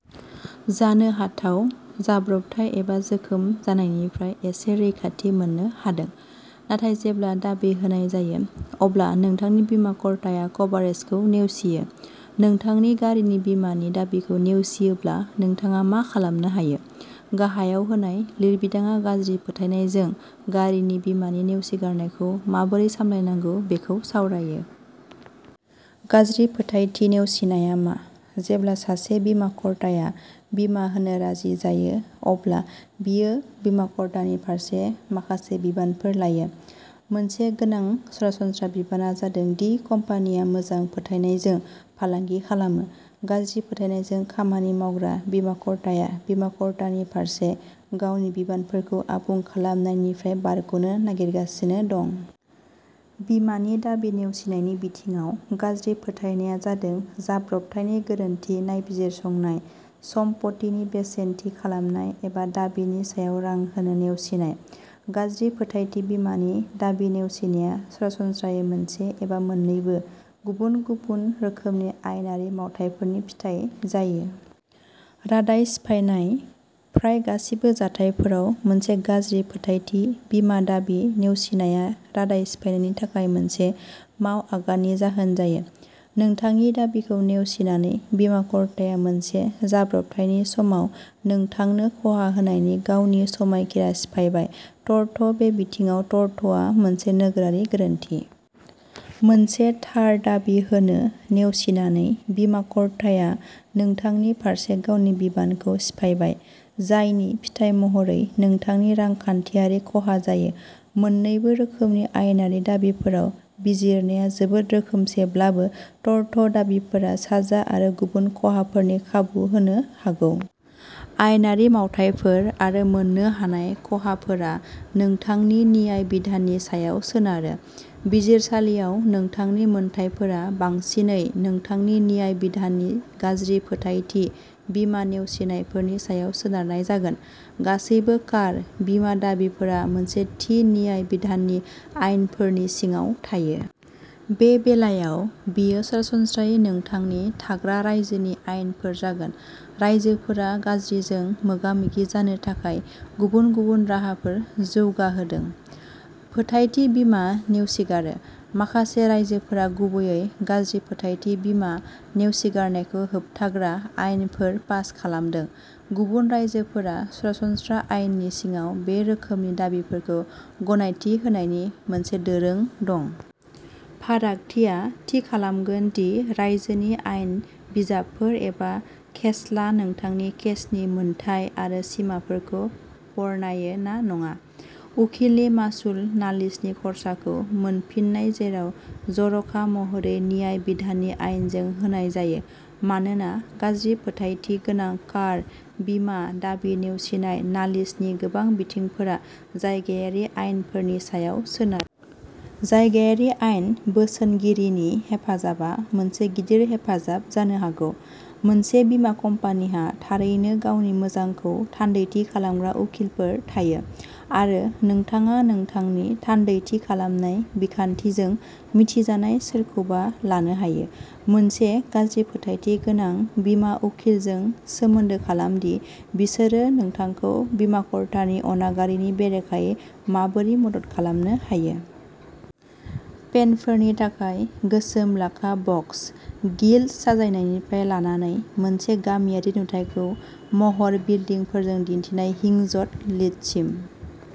जानो हाथाव जाब्रबथाय एबा जोखोम जानायनिफ्राय एसे रैखाथि मोननो हादों। नाथाय जेब्ला दाबि होनाय जायो। अब्ला नोंथांनि बीमाकर्ताया कभारेजखौ नेवसियो। नोंथांनि गारिनि बीमानि दाबिखौ नेवसियोब्ला नोंथाङा मा खालामनो हायो? गाहायाव होनाय लिरबिदांआ गाज्रि फोथायनायजों गारिनि बीमानि नेवसिगारनायखौ माबोरै सामलायनांगौ बेखौ सावरायो। गाज्रि फोथायथि नेवसिनाया मा? जेब्ला सासे बीमाकर्ताया बीमा होनो राजि जायो। अब्ला बियो बीमाकर्तानि फारसे माखासे बिबानफोर लायो। मोनसे गोनां सरासनस्रा बिबानआ जादों दि कम्पानिया मोजां फोथायनायजों फालांगि खालामो। गाज्रि फोथायनायजों खामानि मावग्रा बीमाकर्ताया बीमाकर्तानि फारसे गावनि बिबानफोरखौ आबुं खालामनायनिफ्राय बारग'नो नागिरगासिनो दं। बीमानि दाबि नेवसिनायनि बिथिङाव गाज्रि फोथायनाया जादों जाब्रबथायनि गोरोन्थि नायबिजिरसंनाय सम्पथिनि बेसेन थि खालामनाय एबा दाबिनि सायाव रां होनो नेवसिनाय। गाज्रि फोथायथि बीमानि दाबि नेवसिनाया सरासनस्रायै मोनसे एबा मोन्नैबो गुबुन-गुबुन रोखोमनि आयेनारि मावथायफोरनि फिथाय जायो। रादाय सिफायनाय प्राय गासिबो जाथायफोराव मोनसे गाज्रि फोथायथि बीमा दाबि नेवसिनाया रादाय सिफायनायनि थाखाय मोनसे मावआगाननि जाहोन जायो। नोंथांनि दाबिखौ नेवसिनानै बीमाकर्ताया मोनसे जाब्रबथायनि समाव नोंथांनो खहा होनायनि गावनि समायखिरा सिफायबाय। टर्ट बे बिथिङाव टर्टआ मोनसे नोगोरारि गोरोन्थि। मोनसे थार दाबि होनो नेवसिनानै बीमाकर्ताया नोंथांनि फारसे गावनि बिबानखौ सिफायबाय जायनि फिथाय महरै नोंथांनि रांखान्थियारि खहा जायो। मोननैबो रोखोमनि आयेनारि दाबिफोराव बिजिरनाया जोबोद रोखोमसेब्लाबो टर्ट दाबिफोरा साजा आरो गुबुन खहाफोरनि खाबु होनो हागौ। आयेनारि मावथायफोर आरो मोननो हानाय खहाफोरा नोंथांनि न्याय बिधाननि सायाव सोनारो। बिजिरसालियाव नोंथांनि मोनथायफोरा बांसिनै नोंथांनि न्याय बिधाननि गाज्रि फोथायथि बीमा नेवसिनायफोरनि सायाव सोनारनाय जागोन। गासैबो कार बीमा दाबिफोरा मोनसे थि न्याय बिधाननि आयेनफोरनि सिङाव थायो। बे बेलायाव बेयो सरासनस्रायै नोंथांनि थाग्रा रायजोनि आयेनफोर जागोन। रायजोफोरा गाज्रिजों मोगा-मोगि जानो थाखाय गुबुन-गुबुन राहाफोर जौगाहोदों। फोथायथि बीमा नेवसिगारो। माखासे रायजोफोरा गुबैयै गाज्रि फोथायथि बीमा नेवसिगारनायखौ होबथाग्रा आयेनफोर पास खालामदों। गुबुन रायजोफोरा सरासनस्रा आयेननि सिङाव बे रोखोमनि दाबिफोरखौ गनायथि होनायनि मोनसे दोरों दं। फारागथिया थि खालामगोन दि रायजोनि आयेन बिजाबफोर एबा केसला नोंथांनि केसनि मोनथाय आरो सिमाफोरखौ बरनायो ना नङा। उखिलनि मासुल नालिसनि खर्साखौ मोनफिन्नाय जेराव जर'खा महरै न्याय बिधाननि आयेनजों होनाय जायो। मानोना गाज्रि फोथायथि गोनां कार बीमा दाबि नेवसिनाय नालिसनि गोबां बिथिंफोरा जायगायारि आयेनफोरनि सायाव सोनारो। जायगायारि आयेन बोसोनगिरिनि हेफाजाबआ मोनसे गिदिर हेफाजाब जानो हागौ। मोनसे बीमा कम्पानीहा थारैनो गावनि मोजांखौ थान्दैथि खालामग्रा उखिलफोर थायो। आरो नोंथाङा नोंथांनि थान्दैथि खालामनाय बिखान्थिजों मिथिजानाय सोरखौबा लानो हायो। मोनसे गाज्रि फोथायथि गोनां बीमा उखिलजों सोमोन्दो खालाम दि बिसोरो नोंथांखौ बीमाकर्तानि अनागारिनि बेरेखायै माबोरै मदद खालामनो हायो। पेनफोरनि थाखाय गोसोम लाखा बक्स। गिल्ट साजायनायनिफ्राय लानानै मोनसे गामियारि नुथायखौ महर बिल्डिंफोरजों दिन्थिनाय हिंजड लिदसिम।